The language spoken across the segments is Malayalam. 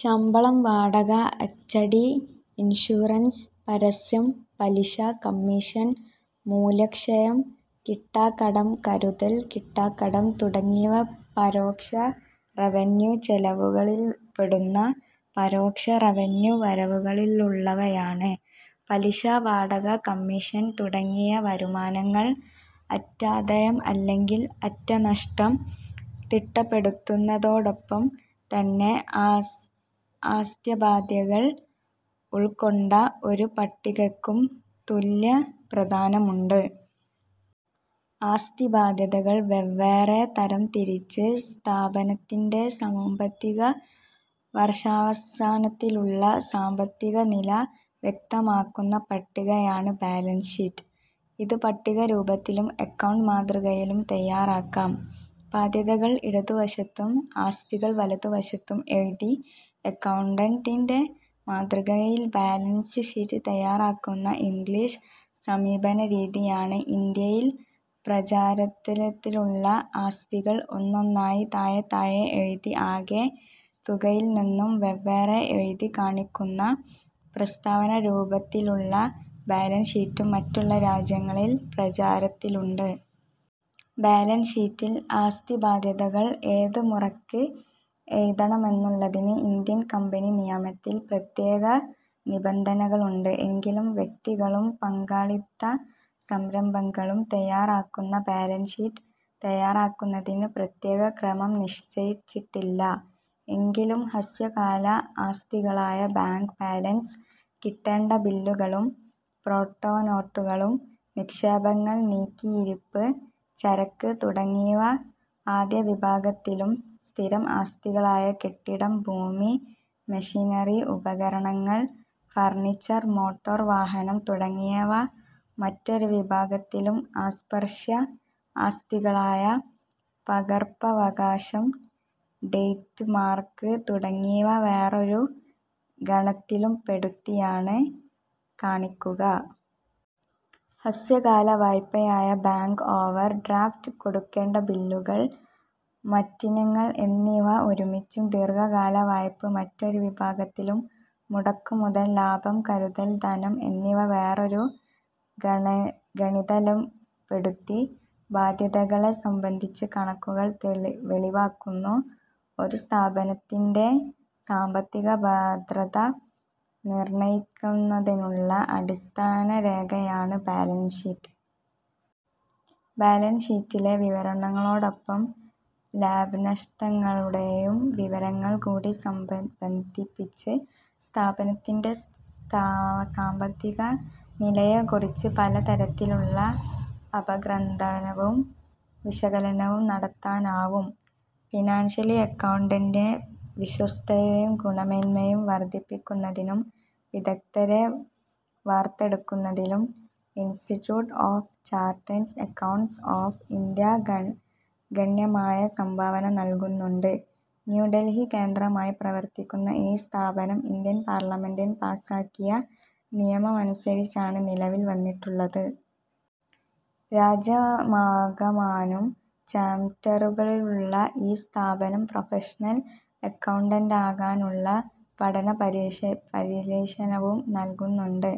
ശമ്പളം, വാടക, അച്ചടി, ഇൻഷുറൻസ്, പരസ്യം, പലിശ, കമ്മീഷൻ, മൂല്യക്ഷയം, കിട്ടാക്കടം, കരുതൽ കിട്ടാക്കടം തുടങ്ങിയവ പരോക്ഷ റവന്യൂ ചെലവുകളിൽപ്പെടുന്നു. പരോക്ഷ റവന്യൂ വരവുകളിലുള്ളവയാണ് പലിശ, വാടക, കമ്മീഷൻ തുടങ്ങിയ വരുമാനങ്ങൾ. അറ്റാദായം അല്ലെങ്കിൽ അറ്റനഷ്ടം തിട്ടപ്പെടുത്തുന്നതോടൊപ്പം തന്നെ ആസ്തിബാദ്ധ്യതകൾ ഉൾക്കൊണ്ട ഒരു പട്ടികയ്ക്കും തുല്യ പ്രാധാന്യമുണ്ട്. ആസ്തിബാദ്ധ്യതകൾ വെവ്വേറെ തരംതിരിച്ച് സ്ഥാപനത്തിൻ്റെ സാമ്പത്തിക വർഷാവസാനത്തിലുള്ള സാമ്പത്തികനില വ്യക്തമാക്കുന്ന പട്ടികയാണ് ബാലൻസ് ഷീറ്റ്. ഇത് പട്ടികരൂപത്തിലും അക്കൗണ്ട് മാതൃകയിലും തയ്യാറാക്കാം. ബാദ്ധ്യതകൾ ഇടതുവശത്തും ആസ്തികൾ വലതുവശത്തും എഴുതി അക്കൗണ്ടിൻ്റെ മാതൃകയിൽ ബാലൻസ് ഷീറ്റ് തയ്യാറാക്കുന്ന ഇംഗ്ലീഷ് സമീപനരീതിയാണ് ഇന്ത്യയിൽ പ്രചാരത്തിലുള്ളത്. ആസ്തികൾ ഒന്നൊന്നായി താഴെ താഴെ എഴുതി ആകെ തുകയിൽനിന്നും വെവ്വേറെ എഴുതിക്കാണിക്കുന്ന പ്രസ്താവനാരൂപത്തിലുള്ള ബാലൻസ് ഷീറ്റും മറ്റുള്ള രാജ്യങ്ങളിൽ പ്രചാരത്തിലുണ്ട്. ബാലൻസ് ഷീറ്റിൽ ആസ്തിബാദ്ധ്യതകൾ ഏത് മുറയ്ക്ക് എഴുതണമെന്നുള്ളതിന് ഇന്ത്യൻ കമ്പനി നിയമത്തിൽ പ്രത്യേക നിബന്ധനകളുണ്ട്. എങ്കിലും വ്യക്തികളും പങ്കാളിത്ത സംരംഭങ്ങളും തയ്യാറാക്കുന്ന ബാലൻസ് ഷീറ്റ് തയ്യാറാക്കുന്നതിന് പ്രത്യേക ക്രമം നിശ്ചയിച്ചിട്ടില്ല. എങ്കിലും, ഹ്രസ്വകാല ആസ്തികളായ ബാങ്ക് ബാലൻസ്, കിട്ടേണ്ട ബില്ലുകളും പ്രോനോട്ടുകളും, നിക്ഷേപങ്ങൾ, നീക്കിയിരിപ്പ് ചരക്ക് തുടങ്ങിയവ ആദ്യവിഭാഗത്തിലും സ്ഥിരം ആസ്തികളായ കെട്ടിടം, ഭൂമി, മെഷീനറി, ഉപകരണങ്ങൾ, ഫർണിച്ചർ, മോട്ടോർ വാഹനം തുടങ്ങിയവ മറ്റൊരു വിഭാഗത്തിലും അസ്പർശ്യ ആസ്തികളായ പകർപ്പവകാശം, ട്രേഡ് മാർക്ക് തുടങ്ങിയവ വേറൊരു ഗണത്തിലുംപെടുത്തിയാണ് കാണിക്കുക. ഹ്രസ്വകാല വായ്പയായ ബാങ്ക് ഓവർ ഡ്രാഫ്റ്റ്, കൊടുക്കേണ്ട ബില്ലുകൾ, മറ്റിനങ്ങൾ എന്നിവ ഒരുമിച്ചും ദീർഘകാല വായ്പ മറ്റൊരു വിഭാഗത്തിലും മുടക്കുമുതൽ, ലാഭം, കരുതൽ ധനം എന്നിവ വേറൊരു ഗണത്തിലുംപെടുത്തി ബാദ്ധ്യതകളെ സംബന്ധിച്ച കണക്കുകൾ വെളിവാക്കുന്നു. ഒരു സ്ഥാപനത്തിൻ്റെ സാമ്പത്തിക ഭദ്രത നിർണയിക്കുന്നതിനുള്ള അടിസ്ഥാനരേഖയാണ് ബാലൻസ് ഷീറ്റ്. ബാലൻസ് ഷീറ്റിലെ വിവരണങ്ങളോടൊപ്പം, ലാഭനഷ്ടക്കണക്കുകളിലെ വിവരങ്ങൾ കൂടി ബന്ധിപ്പിച്ച് സ്ഥാപനത്തിൻ്റെ സാമ്പത്തിക നിലയെക്കുറിച്ച് പലതരത്തിലുള്ള അപഗ്രഥനവും വിശകലനവും നടത്താനാവും. ഫിനാൻഷ്യൽ അക്കൗണ്ടിങ്ങിൻ്റെ വിശ്വാസ്യതയും ഗുണമേന്മയും വർദ്ധിപ്പിക്കുന്നതിനും വിദഗ്ദ്ധരെ വാർത്തെടുക്കുന്നതിലും Institute of Chartered Accountants of India ഗണ്യമായ സംഭാവന നൽകുന്നുണ്ട്. ന്യൂഡൽഹി കേന്ദ്രമായി പ്രവർത്തിക്കുന്ന ഈ സ്ഥാപനം ഇന്ത്യൻ പാർലമെൻ്റിൽ പാസ്സാക്കിയ നിയമമനുസരിച്ചാണ് നിലവിൽ വന്നിട്ടുള്ളത്. രാജ്യമാകമാനം ചാപ്റ്ററുകളുള്ള ഈ സ്ഥാപനം പ്രൊഫഷണൽ അക്കൗണ്ടന്റാകാനുള്ള പഠനപരിശീലനവും നൽകുന്നുണ്ട്.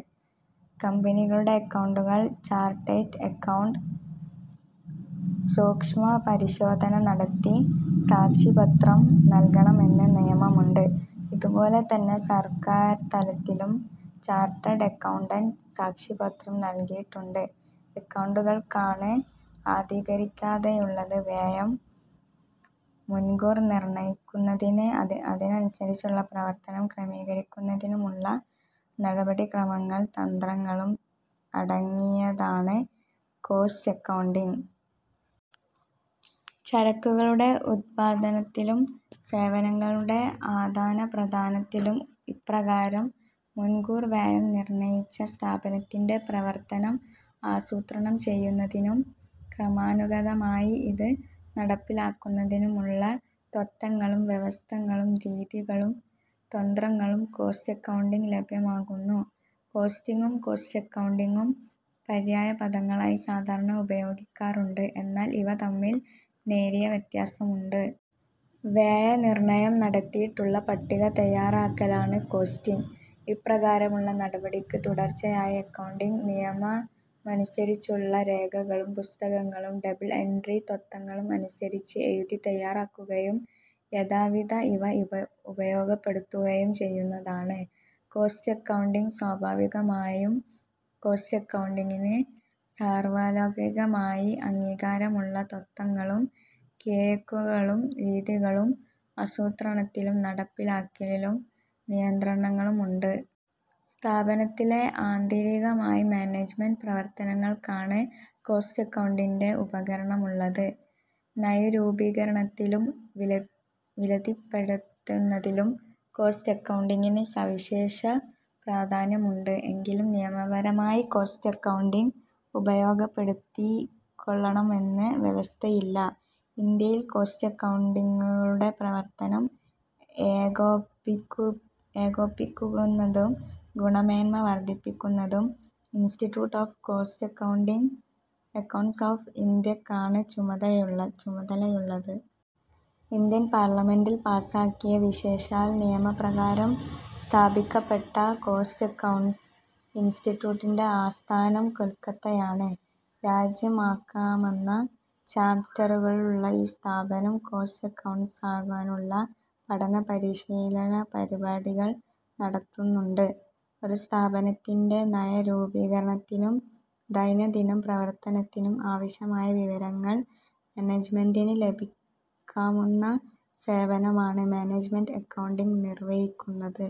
കമ്പനികളുടെ അക്കൗണ്ടുകൾ ചാർട്ടേഡ് അക്കൗണ്ടൻ്റെ സൂക്ഷ്മപരിശോധന നടത്തി സാക്ഷിപത്രം നൽകണമെന്ന നിയമമുണ്ട്. ഇതുപോലെ തന്നെ സർക്കാർതലത്തിലും ചാർട്ടേഡ് അക്കൗണ്ടൻ്റെ സാക്ഷിപത്രം നൽകിയിട്ടുള്ള അക്കൗണ്ടുകൾക്കാണ് ആധികാരികതയുള്ളത്. വ്യയം മുൻകൂർ നിർണയിക്കുന്നതിനും അതനുസരിച്ചുള്ള പ്രവർത്തനം ക്രമീകരിക്കുന്നതിനുമുള്ള നടപടിക്രമങ്ങളും തന്ത്രങ്ങളും അടങ്ങിയതാണ് കോസ്റ്റ് അക്കൗണ്ടിങ്. ചരക്കുകളുടെ ഉത്പാദനത്തിലും, സേവനങ്ങളുടെ ആദാനപ്രധാനത്തിലും ഇപ്രകാരം മുൻകൂർ വ്യയം നിർണയിച്ച് സ്ഥാപനത്തിൻ്റെ പ്രവർത്തനം ആസൂത്രണം ചെയ്യുന്നതിനും ക്രമാനുഗതമായി ഇത് നടപ്പിലാക്കുന്നതിനുമുള്ള തത്ത്വങ്ങളും വ്യവസ്ഥകളും രീതികളും തന്ത്രങ്ങളും കോസ്റ്റ് അക്കൗണ്ടിങ് ലഭ്യമാക്കുന്നു. കോസ്റ്റിങ്ങും കോസ്റ്റ് അക്കൗണ്ടിങ്ങും പര്യായപദങ്ങളായി സാധാരണ ഉപയോഗിക്കാറുണ്ട്. എന്നാൽ ഇവ തമ്മിൽ നേരിയ വ്യത്യാസമുണ്ട്. വ്യയനിർണയം നടത്തിയിട്ടുള്ള പട്ടിക തയ്യാറാക്കലാണ് കോസ്റ്റിങ്. ഇപ്രകാരമുള്ള നടപടിക്ക് തുടർച്ചയായി അക്കൗണ്ടിങ് നിയമമനുസരിച്ചുള്ള രേഖകളും പുസ്തകങ്ങളും ഡബിൾ എൻട്രി തത്ത്വങ്ങൾ അനുസരിച്ച് എഴുതി തയ്യാറാക്കുകയും യഥാവിധി ഇവ ഉപയോഗപ്പെടുത്തുകയും ചെയ്യുന്നതാണ് കോസ്റ്റ് അക്കൗണ്ടിങ്. സ്വാഭാവികമായും കോസ്റ്റ് അക്കൗണ്ടിങ്ങിന് സാർവലൗകികമായ അംഗീകാരമുള്ള തത്ത്വങ്ങളും കീഴ്വഴക്കങ്ങളും, രീതികളും ആസൂത്രണത്തിലും നടപ്പിലാക്കലിലും നിയന്ത്രണങ്ങളുമുണ്ട്. സ്ഥാപനത്തിലെ ആന്തരികമായ മാനേജ്മെൻ്റ് പ്രവർത്തനങ്ങൾക്കാണ് കോസ്റ്റ് അക്കൗണ്ടിങ്ങിൻ്റെ ഉപയോഗമുള്ളത്. നയരൂപീകരണത്തിലും വിലതിട്ടപ്പെടുത്തുന്നതിലും കോസ്റ്റ് അക്കൗണ്ടിങ്ങിന് സവിശേഷ പ്രാധാന്യമുണ്ട്. എങ്കിലും, നിയമപരമായി കോസ്റ്റ് അക്കൗണ്ടിങ് ഉപയോഗപ്പെടുത്തിക്കൊള്ളണമെന്ന വ്യവസ്ഥയില്ല. ഇന്ത്യയിൽ കോസ്റ്റ് അക്കൗണ്ടന്റുകളുടെ പ്രവർത്തനം ഏകോപിപ്പിക്കുന്നതിനും ഗുണമേന്മ വർദ്ധിപ്പിക്കുന്നതിനും institute of cost accountants of ഇന്ത്യയ്ക്കാണ് ചുമതലയുള്ളത്. ഇന്ത്യൻ പാർലമെൻ്റിൽ പാസ്സാക്കിയ വിശേഷാൽ നിയമപ്രകാരം സ്ഥാപിക്കപ്പെട്ട കോസ്റ്റ് അക്കൗണ്ടന്റ്സ് ഇൻസ്റ്റിറ്റ്യൂട്ടിൻ്റെ ആസ്ഥാനം കൊൽക്കത്തയാണ്. രാജ്യമാകമാനം ചാപ്റ്ററുകളുള്ള ഈ സ്ഥാപനം കോസ്റ്റ് അക്കൗണ്ടന്റാകാനുള്ള പഠനപരിശീലന പരിപാടികൾ നടത്തുന്നുണ്ട്. ഒരു സ്ഥാപനത്തിൻ്റെ നയരൂപീകരണത്തിനും ദൈനംദിന പ്രവർത്തനത്തിനും ആവശ്യമായ വിവരങ്ങൾ മാനേജ്മെൻ്റിന് ലഭ്യമാക്കുന്ന സേവനമാണ് മാനേജ്മെൻ്റെ അക്കൗണ്ടിങ് നിർവഹിക്കുന്നത്.